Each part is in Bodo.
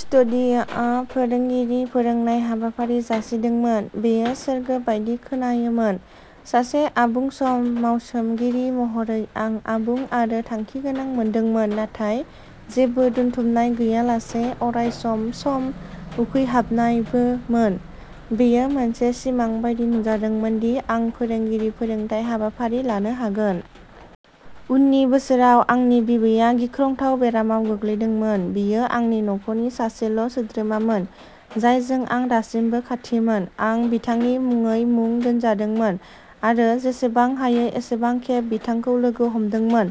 स्टुडिय'आ फोरोंगिरि फोरोंनाय हाबाफारि जासिदोंमोन। बेयो सोरगो बायदि खोनायोमोन। सासे आबुं सम मावसोमगिरि महरै आं आबुं आरो थांखिगोनां मोनदोंमोन नाथाय जेबो दोनथुमनाय गैयालासे अरायसम सम उखैहाबनायबो मोन। बेयो मोनसे सिमां बायदि नुजादोंमोन दि आं फोरोंगिरि फोरोंथाय हाबाफारि लानो हागोन। उननि बोसोराव आंनि बिबैया गिख्रंथाव बेरामाव गोग्लैदोंमोन। बियो आंनि न'खरनि सासेल' सोद्रोमामोन जायजों आं दासिमबो खाथिमोन। आं बिथांनि मुङै मुं दोनजादोंमोन आरो जेसेबां हायो एसेबां खेब बिथांखौ लोगो हमदोंमोन।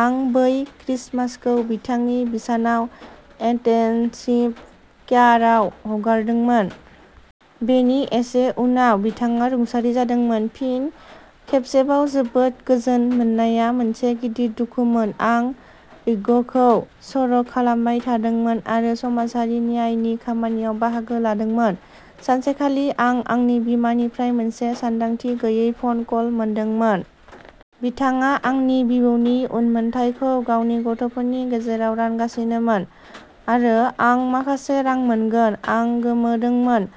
आं बै क्रिसमासखौ बिथांनि बिसानाव इन्टेन्सिभ केयाराव हगारदोंमोन। बेनि एसे उनाव बिथाङा रुंसारि जादोंमोन। फिन खेबसेबाव जोबोद गोजोन मोननाया मोनसे गिदिर दुखुमोन। आं य'गखौ सर' खालामबाय थादोंमोन आरो समाजारि न्यायनि खामानियाव बाहागो लादोंमोन। सानसेखालि आं आंनि बिमानिफ्राय मोनसे सानदांथि गैयै फ'न कल मोनदोंमोन। बिथाङा आंनि बिबौनि उनमोनथायखौ गावनि गथ'फोरनि गेजेराव रानगासिनोमोन आरो आं माखासे रां मोनगोन। आं गोमोदोंमोन।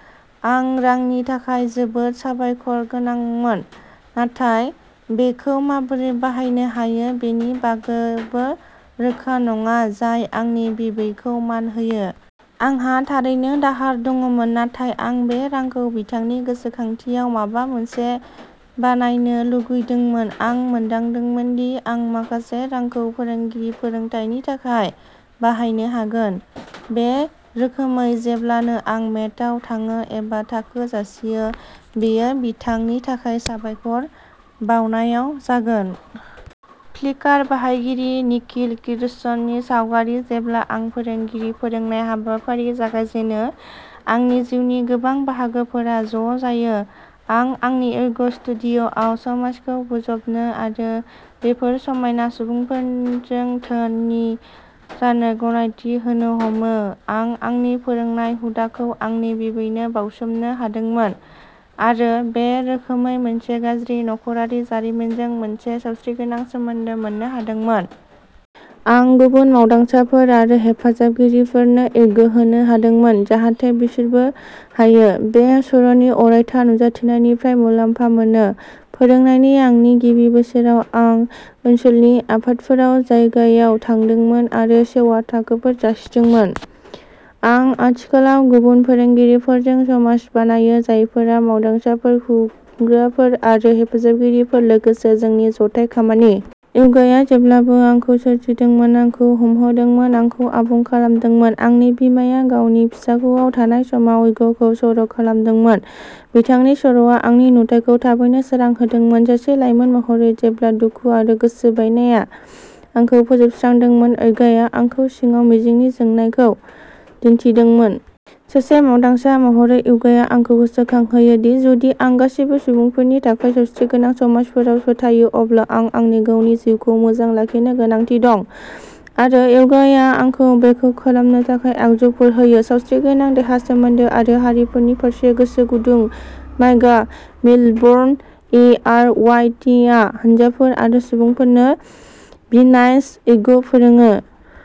आं रांनि थाखाय जोबोद साबायखरगोनांमोन। नाथाय बेखौ माबोरै बाहायनो हायो बेनि बागैबो रोखा नङा जाय आंनि बिबैखौ मान होयो। आंहा थारैनो दाहार दंमोन नाथाय आं बे रांखौ बिथांनि गोसोखांथियाव माबा मोनसे बानायनो लुगैदोंमोन। आं मोनदांदोंमोन दि आं माखासे रांखौ फोरोंगिरि फोरोंथायनि थाखाय बाहायनो हागोन। बे रोखोमै जेब्लानो आं मेटआव थाङो एबा थाखो जासियो बेयो बिथांनि थाखाय साबायखर बावनायाव जागोन। फ्लिकार बाहायगिरि निखिल किर्शनि सावगारि जेब्ला आं फोरोंगिरि फोरोंनाय हाबाफारि जागायजेनो आंनि जिउनि गोबां बाहागोफोरा ज' जायो। आं आंनि य'ग स्टुडिय'आव समाजखौ बोजबनो आरो बेफोर समायना सुबुंफोरजों धोनि जानो गनायथि होनो हमो। आं आंनि फोरोंनाय हुदाखौ आंनि बिबैनो बावसोमनो हादोंमोन आरो बे रोखोमै मोनसे गाज्रि न'ख'रारि जारिमिनजों मोनसे सावस्रिगोनां सोमोन्दो मोन्नो हादोंमोन। आं गुबुन मावदांसाफोर आरो हेफाजाबगिरिफोरनो य'ग होनो हादोंमोन जाहाथे बिसोरबो हायो। बे सर'नि अरायथा नुजाथिनायनिफ्राय मुलाम्फा मोनो। फोरोंनायनि आंनि गिबि बोसोराव आं ओनसोलनि आफादफोराव जायगायाव थांदोंमोन आरो सेवा थाखोफोर जासिदोंमोन। आं आथिखालाव गुबुन फोरोंगिरिफोरजों समाज बानायो जायफोरा मावदांसाफोर खुंग्राफोर आरो हेफाजाबगिरिफोर लोगोसे जोंनि जथाय खामानि। य'गाया जेब्लाबो आंखौ सोरजिदोंमोन आंखौ हामहोदोंमोन आंखौ आबुं खालामदोंमोन। आंनि बिमाया गावनि फिसाख'आव थानाय समाव य'गखौ सर' खालामदोंमोन। बिथांनि सर'आ आंनि नुथायखौ थाबैनो सोरां होदोंमोन। सासे लाइमोन महरै जेब्ला दुखु आरो गोसो बायनाया आंखौ फोजोबस्रांदोंमोन य'गाया आंखौ सिङाव मिजिंनि जोंनायखौ दिन्थिदोंमोन। सासे मावदांसा महरै य'गाया आंखौ गोसोखांहोयो दि जुदि आं गासैबो सुबुंफोरनि थाखाय सावस्रिगोनां समाजफोराव फोथायो अब्ला आं आंनि गावनि जिउखौ मोजां लाखिनो गोनांथि दं। आरो य'गाया आंखौ बेखौ खालामनो थाखाय आगजुफोर होयो। सावस्रिगोनां देहा सोमोन्दो आरो हारिफोरनि फारसे गोसो गुदुं माइगा मिलबर्न इ-आर. वाइ. टि. आ हानजाफोर आरो सुबुंफोरनो बिन्यास य'ग फोरोङो।